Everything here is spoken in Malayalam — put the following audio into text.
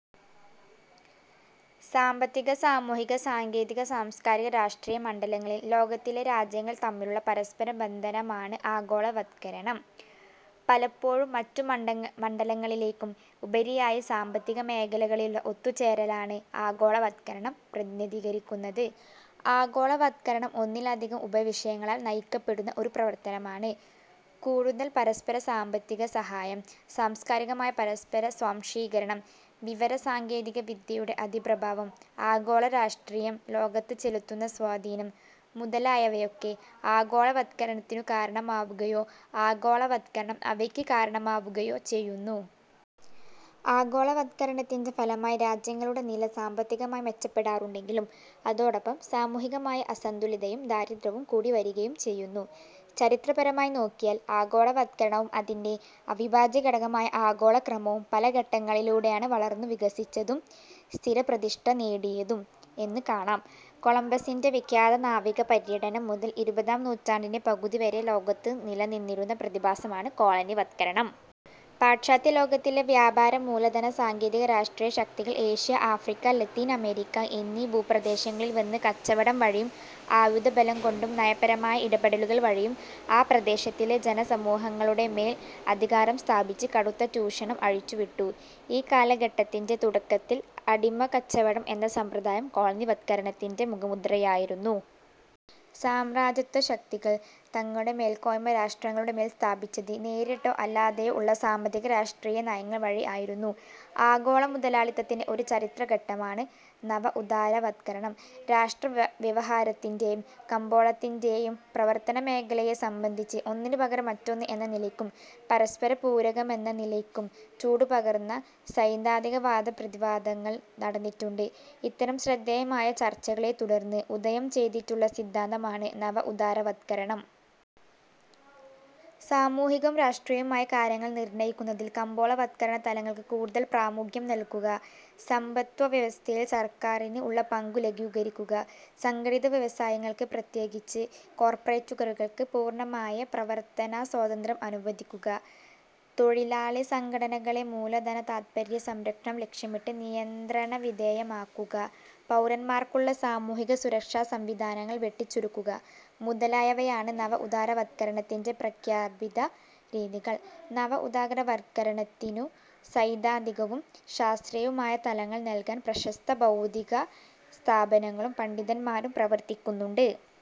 സാമ്പത്തിക, സാമൂഹിക, സാങ്കേതിക, സാംസ്കാരിക, രാഷ്ട്രീയ മണ്ഡലങ്ങളിൽ ലോകത്തിലെ രാജ്യങ്ങൾ തമ്മിലുള്ള പരസ്പര ബന്ധനമാണ് ആഗോളവത്കരണം. പലപ്പോഴും മറ്റുമണ്ഡലങ്ങളിലേക്കാളും ഉപരിയായി സാമ്പത്തിക മേഖലകളിലുള്ള ഒത്തുചേരലാണ് ആഗോളവത്കരണം പ്രതിനിധീകരിക്കുന്നത്. ആഗോളവത്കരണം ഒന്നിലധികം ഉപവിഷയങ്ങളാൽ നയിക്കപ്പെടുന്ന ഒരു പ്രവർത്തനമാണ്. കൂടുതൽ പരസ്പര സാമ്പത്തിക സഹായം, സാംസ്കാരികമായ പരസ്പര സ്വാംശീകരണം, വിവര സാങ്കേതിക വിദ്യയുടെ അതിപ്രഭാവം, ആഗോള രാഷ്ട്രീയം ലോകത്ത് ചെലുത്തുന്ന സ്വാധീനം മുതലായവയൊക്കെ ആഗോളവത്കരണത്തിനു കാരണമാവുകയോ ആഗോളവത്കരണം അവയ്ക്ക് കാരണമാവുകയോ ചെയ്യുന്നു. ആഗോളവത്കരണത്തിന്റെ ഫലമായി രാജ്യങ്ങളുടെ നില സാമ്പത്തികമായി മെച്ചപ്പെടാറുണ്ടെങ്കിലും, അതോടൊപ്പം സാമൂഹികമായ അസന്തുലിതയും, ദാരിദ്ര്യവും കൂടിവരികയും ചെയ്യുന്നു. ചരിത്രപരമായി നോക്കിയാൽ ആഗോളവത്കരണവും അതിന്റെ അവിഭാജ്യഘടകമായ ആഗോളക്രമവും പല ഘട്ടങ്ങളിലൂടെയാണ് വളർന്നു വികസിച്ചതും സ്ഥിരപ്രതിഷ്ടനേടിയതും എന്ന് കാണാം. കൊളംബസ്സിന്റെ വിഖ്യാത നാവികപര്യടനം മുതൽ ഇരുപതാം നൂറ്റാണ്ടിന്റെ പകുതിവരെ ലോകത്തു നിലനിന്നിരുന്ന പ്രതിഭാസമാണ് കോളനിവത്കരണം. പാശ്ചാത്യലോകത്തിലെ വ്യാപാര, മൂലധന, സാങ്കേതിക, രാഷ്ട്രീയ ശക്തികൾ ഏഷ്യ, ആഫ്രിക്ക, ലത്തീൻ അമേരിക്ക എന്നീ ഭൂപ്രദേശങ്ങളിൽ വന്ന് കച്ചവടം വഴിയും ആയുധബലം കൊണ്ടും നയപരമായ ഇടപെടലുകൾ വഴിയും ആ പ്രദേശങ്ങളിലെ ജനസമൂഹങ്ങളുടെമേൽ അധികാരം സ്ഥാപിച്ച് കടുത്ത ചൂഷണം അഴിച്ചുവിട്ടു. ഈ കാലഘട്ടത്തിന്റെ തുടക്കത്തിൽ അടിമക്കച്ചവടം എന്ന സമ്പ്രദായം കോളനിവത്കരണത്തിന്റെ മുഖമുദ്രയായിരുന്നു. സാമ്രാജ്യത്വശക്തികൾ തങ്ങളുടെ മേൽക്കോയ്മ രാഷ്ട്രങ്ങളുടെമേൽ സ്ഥാപിച്ചത്, നേരിട്ടോ അല്ലാതയോ ഉള്ള സാമ്പത്തിക, രാഷ്ട്രീയ നയങ്ങൾവഴി ആയിരുന്നു. ആഗോളമുതലാളിത്തത്തിന്റെ ഒരു ചരിത്രഘട്ടമാണ് നവഉദാരവത്കരണം. രാഷ്ട്രവ്യവഹാരത്തിന്റെയും കമ്പോളത്തിന്റെയും പ്രവർത്തനമേഖലയെ സംബന്ധിച്ച് ഒന്നിനുപകരം മറ്റൊന്ന് എന്ന നിലയ്ക്കും, പരസ്പരപൂരകമെന്നനിലയ്ക്കും ചൂടു പകർന്ന സൈദ്ധാന്തികവാദപ്രതിവാദങ്ങൾ നടന്നിട്ടുണ്ട്. ഇത്തരം ശ്രദ്ധേയമായ ചർച്ചകളെത്തുടർന്ന് ഉദയം ചെയ്തിട്ടുള്ള സിദ്ധാന്തമാണ് നവ ഉദാരവത്കരണം. സാമൂഹികവും രാഷ്ട്രീയവുമായ കാര്യങ്ങൾ നിർണയിക്കുന്നതിൽ കമ്പോളവത്കരണതലങ്ങൾക്ക് കൂടുതൽ പ്രാമുഖ്യം നൽകുക, സമ്പദ്വ്യവസ്ഥയിൽ സർക്കാരിന് ഉള്ള പങ്കു ലഘൂകരിക്കുക, സംഘടിത വ്യവസായങ്ങൾക്ക്, പ്രത്യേകിച്ച് കോർപ്പറേറ്റുകൾക്ക്, പൂർണമായ പ്രവർത്തനസ്വാതന്ത്യ്രം അനുവദിക്കുക, തൊഴിലാളിസംഘടനകളെ മൂലധനതാത്പര്യസംരക്ഷണം ലക്ഷ്യമിട്ട് നിയന്ത്രണവിധേയമാക്കുക, പൗരന്മാർക്കുള്ള സാമൂഹികസുരക്ഷാസംവിധാനങ്ങൾ വെട്ടിച്ചുരുക്കുക മുതലായവയാണ് നവ ഉദാരവത്കരണത്തിന്റെ പ്രഖ്യാപിത രീതികൾ. നവ ഉദാരവത്കരണത്തിനു സൈദ്ധാന്തികവും ശാസ്ത്രീയവുമായ തലങ്ങൾ നൽകാൻ പ്രശസ്ത ബൗദ്ധികസ്ഥാപനങ്ങളും പണ്ഡിതന്മാരും പ്രവർത്തിക്കുന്നുണ്ട്.